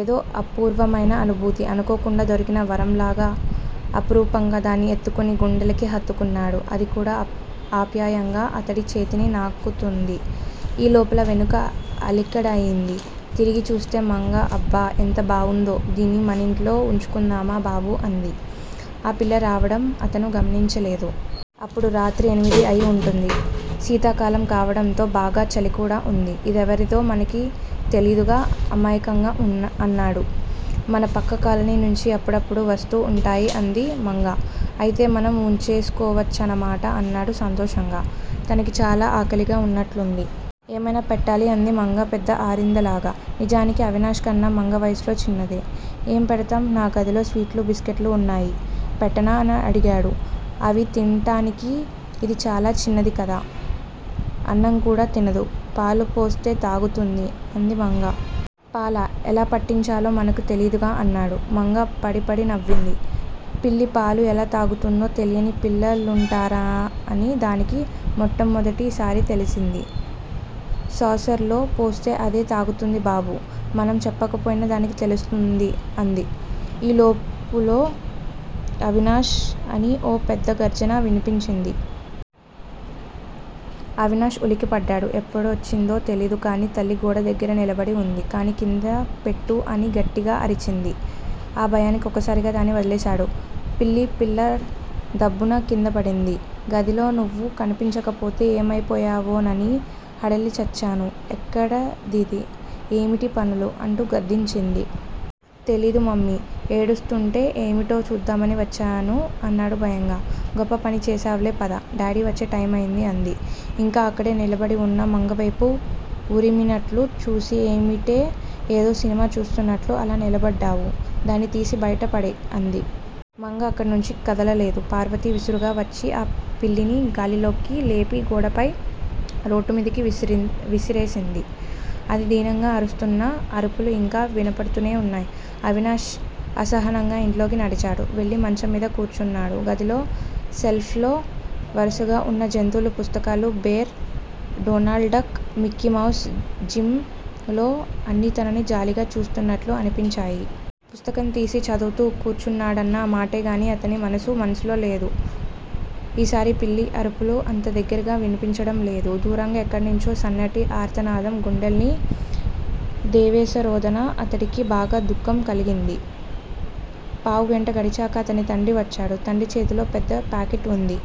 ఏదో అపూర్వమైన అనుభూతి. అనుకోకుండా దొరికిన వరంలాగా అపురూపంగా దాన్ని ఎత్తుకొని గుండెలకి హత్తుకున్నాడు. అదికూడా ఆప్యాయంగా అతడి చేతిని నాకుతోంది. ఈ లోపల వెనుక అలికిడయింది. తిరిగి చూస్తే మంగ. అబ్బ ఎంత బావుందో, దీన్ని మనింట్లో వుంచుకుందామా బాబూ అంది. ఆ పిల్ల రావడం అతను గమనించలేదు. అప్పుడు రాత్రి ఎనిమిది అయి వుంటుంది. శీతాకాలం కావటంతో బాగా చలికూడా వుంది. ఇదెవరిదో మనకి తెలీదుగా అమాయకంగా అన్నాడు. మన పక్క కాలనీ నుంచి అప్పుడప్పుడు వస్తూ వుంటాయి అంది మంగా. అయితే మనం వుంచేసుకోవచ్చన్నమాట అన్నాడు సంతోషంగా. తనకి చాలా ఆకలిగా వున్నట్లుంది. ఏమైనా పెట్టాలి అంది మంగ పెద్ద ఆరిందలాగ. నిజానికి అవినాష్ కన్నా మంగ వయసులో చిన్నదే. ఏం పెడదాం. నా గదిలో స్వీట్లూ, బిస్కట్లు వున్నాయి పెట్టనా అని అడిగాడు. అవి తింటానికి ఇది చాలా చిన్నదికదా! అన్నంకూడా తినదు. పాలుపోస్తే తాగుతుంది అంది మంగ. పాలా? ఎలా పట్టించాలో మనకు తెలీదుగా! అన్నాడు. మంగ పడీ పడీ నవ్వింది. పిల్లి పాలు ఎలా తాగుతుందో తెలియని పిల్ల లుంటారని దానికి మొట్టమొదటి సారి తెలిసింది. సాసర్ లో పోస్తే అదే తాగుతుంది బాబూ. మనం చెప్పకపోయినా దానికి తెలుస్తుంది అంది. ఈ లోపులో అవినాష్ అని ఓ పెద్ద గర్జన వినిపించింది. అవినాష్ ఉలిక్కిపడ్డాడు. ఎప్పుడొచ్చిందో తెలియదు కాని తల్లి గోడ దగ్గిర నిలబడి వుంది. దాన్ని కిందపెట్టు అని గట్టిగా అరిచింది. ఆ భయానికి ఒక్కసారిగా దాన్ని వదిలేశాడు. పిల్లి పిల్ల దబ్బున కిందపడింది. గదిలో నువ్వు కనిపించకపోతే ఏమైపోయావోనని హడలిచచ్చాను. ఎక్కడిదది? ఏమిటీ పనులు? అంటూ గద్దించింది. తెలీదు మమ్మీ. ఏడుస్తూంటే ఏమిటో చూద్దామని వచ్చాను అన్నాడు భయంగా. గొప్ప పని చేశావులే పద. డాడీ వచ్చే టైమయ్యింది అంది. ఇంకా అక్కడే నిలబడివున్న మంగవైపు వురిమినట్లు చూసి ఏమిటే, ఏదో సినిమా చూస్తూన్నట్లు అలా నిలబడ్డావు. దాన్ని తీసి బయట పడేయి అంది. మంగ అక్కడనుంచి కదలలేదు. పార్వతి విసురుగా వచ్చి ఆ పిల్లిని గాలిలోకి లేపి గోడపై రోడ్డుమీదకి విసిరేసింది. అది దీనంగా అరుస్తున్న అరుపులు ఇంకా వినపడుతూనే వున్నాయి. అవినాష్ అసహనంగా ఇంట్లోకి నడిచాడు, వెళ్ళి మంచంమీద కూర్చున్నాడు. గదిలో షెల్ఫ్ లో వరుసగా వున్న జంతువుల పుస్తకాలు 'bear', 'Donald duck' 'Mickey Mouse' 'Jim లో' అన్నీ తనని జాలిగా చూస్తున్నట్లు అనిపించాయి. పుస్తకం తీసి చదువుతూ కూర్చున్నాడన్న మాటేగాని అతని మనసు మనసులో లేదు. ఈసారి పిల్లి అరుపులు అంత దగ్గరగా వినిపించడంలేదు. దూరంగా ఎక్కడినుంచో సన్నటి ఆర్తనాదం, గుండెల్ని దేవేసేరోదన, అతడికి బాగా దుఃఖం కలిగింది. పావుగంట గడిచాక అతని తండ్రి వచ్చాడు. తండ్రి చేతిలో పెద్ద ప్యాకెట్ వుంది.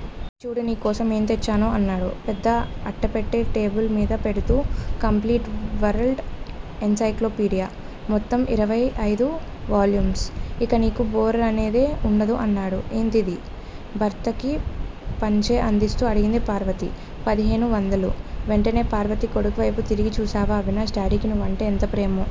చూడు నీకోసం ఏం తెచ్చానో అన్నాడు. పెద్ద అట్టపెట్టె టేబుల్ మీద పెడుతూ. Complete world encyclopedia. మొత్తం ఇరవై అయిదు వాల్యూమ్స్. ఇక నీకు బోరనేదే వుండదు అన్నాడు. ఎంతిది? భర్తకి పంచె అందిస్తూ అడిగింది పార్వతి. పదిహేను వందలు. వెంటనే పార్వతి కొడుకువైపు తిరిగి చూశావా అవినాష్, డాడీకి నువ్వంటే ఎంత ప్రేమో!